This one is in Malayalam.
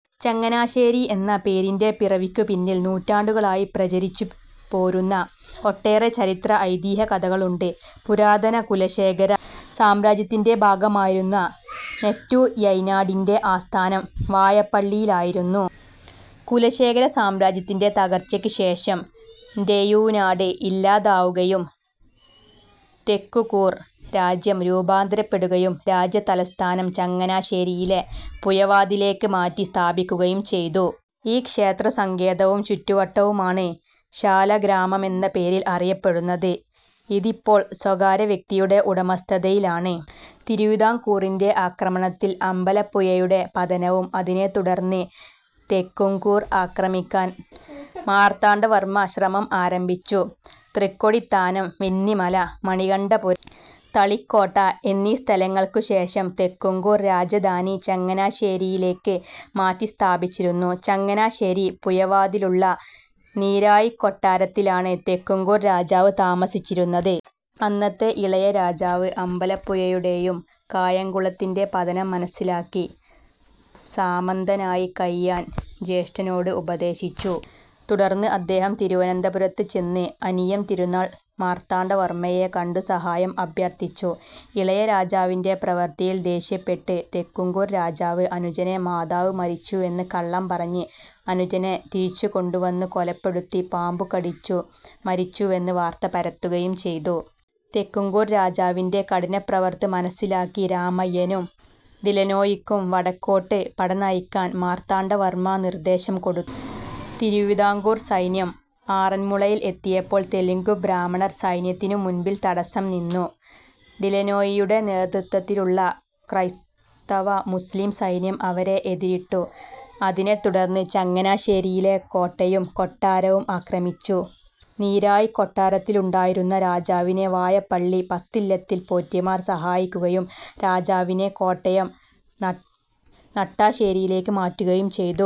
ചങ്ങനാശ്ശേരി എന്ന പേരിൻറെ പിറവിക്കു പിന്നിൽ നൂറ്റാണ്ടുകളായി പ്രചരിച്ചു പോരുന്ന ഒട്ടേറെ ചരിത്ര, ഐതിഹ്യ കഥകളുണ്ട്. പുരാതന കുലശേഖര സാമ്രാജ്യത്തിന്റെ ഭാഗമായിരുന്ന നന്റുഴൈനാടിന്റെ ആസ്ഥാനം വാഴപ്പള്ളിയിലായിരുന്നു. കുലശേഖര സാമ്രാജ്യത്തിന്റെ തകർച്ചക്ക് ശേഷം ന്റെഴുനാട് ഇല്ലാതാവുകയും തെക്കുകൂർ രാജ്യം രൂപാന്തരപ്പെടുകയും രാജ്യ തലസ്ഥാനം ചങ്ങനാശ്ശേരിയിലെ പുഴവാതിലേക്ക് മാറ്റി സ്ഥാപിക്കുകയും ചെയ്തു. ഈ ക്ഷേത്രസങ്കേതവും ചുറ്റുവട്ടവുമാണ് ശാലഗ്രാമമെന്നപേരിൽ അറിയപ്പെടുന്നത്. ഇതിപ്പോൾ സ്വകാര്യവ്യക്തിയുടെ ഉടമസ്ഥതയിലാണ്. തിരുവിതാംകൂറിന്റെ ആക്രമണത്തിൽ അമ്പലപ്പുഴയുടെ പതനവും അതിനെത്തുടർന്ന് തെക്കുംകൂർ ആക്രമിക്കാൻ മാർത്താണ്ഡവർമ്മ ശ്രമം ആരംഭിച്ചു. തൃക്കൊടിത്താനം, വെന്നിമല, മണികണ്ഠപുരം, തളിക്കോട്ട, എന്നിസ്ഥലങ്ങൾക്കുശേഷം തെക്കുംകൂർ രാജധാനി ചങ്ങനാശ്ശേരിയിലേക്ക് മാറ്റിസ്ഥാപിച്ചിരുന്നു. ചങ്ങനാശ്ശേരി പുഴവാതിലുള്ള നീരാഴിക്കൊട്ടാരത്തിലാണ് തെക്കുംകൂർ രാജാവ് താമസിച്ചിരുന്നത്. അന്നത്തെ ഇളയരാജാവ് അമ്പലപ്പുഴയുടേയും കായങ്കുളത്തിന്റെ പതനം മനസ്സിലാക്കി സാമന്തനായി കഴിയാൻ ജ്യേഷ്ഠനോട് ഉപദേശിച്ചു, തുടർന്ന് അദ്ദേഹം തിരുവനന്തപുരത്ത് ചെന്ന് അനിഴം തിരുനാൾ മാർത്താണ്ഡവർമ്മയെ കണ്ടു സഹായം അഭ്യർത്ഥിച്ചു. ഇളയരാജാവിന്റെ പ്രവൃത്തിയിൽ ദേഷ്യപ്പെട്ട് തെക്കുംകൂർ രാജാവ് അനുജനെ മാതാവ് മരിച്ചുവെന്ന് കള്ളം പറഞ്ഞ് അനുജനെ തിരിച്ചുകൊണ്ടുവന്നു കൊലപ്പെടുത്തി പാമ്പുകടിച്ചു മരിച്ചുവെന്ന് വാർത്ത പരത്തുകയും ചെയ്തു. തെക്കുംകൂർ രാജാവിന്റെ കഠിനപൃവർത്തു മനസ്സിലാക്കി രാമയ്യനും ഡിലനോയിക്കും വടക്കോട്ട് പടനയിക്കാൻ മാർത്താണ്ഡവർമ്മ നിർദ്ദേശം കൊടുത്തു. തിരുവിതാംകൂർ സൈന്യം ആറന്മുളയിൽ എത്തിയപ്പോൾ തെലുങ്കു ബ്രാഹ്മണർ സൈന്യത്തിനു മുൻപിൽ തടസ്സം നിന്നു. ഡിലനോയിയുടെ നേതൃത്തത്തിലുള്ള ക്രൈസ്തവ-മുസ്ലിം സൈന്യം അവരെ എതിരിട്ടു. അതിനെത്തുടന്ന് ചങ്ങനാശ്ശേരിയിലെ കോട്ടയും കൊട്ടാരവും ആക്രമിച്ചു. നീരാഴിക്കൊട്ടാരത്തിലുണ്ടായിരുന്ന രാജാവിനെ വാഴപ്പള്ളി പത്തില്ലത്തിൽ പോറ്റിമാർ സഹായിക്കുകയും രാജാവിനെ കോട്ടയം നട്ടാശ്ശേരിയിലേക്ക് മാറ്റുകയും ചെയ്തു.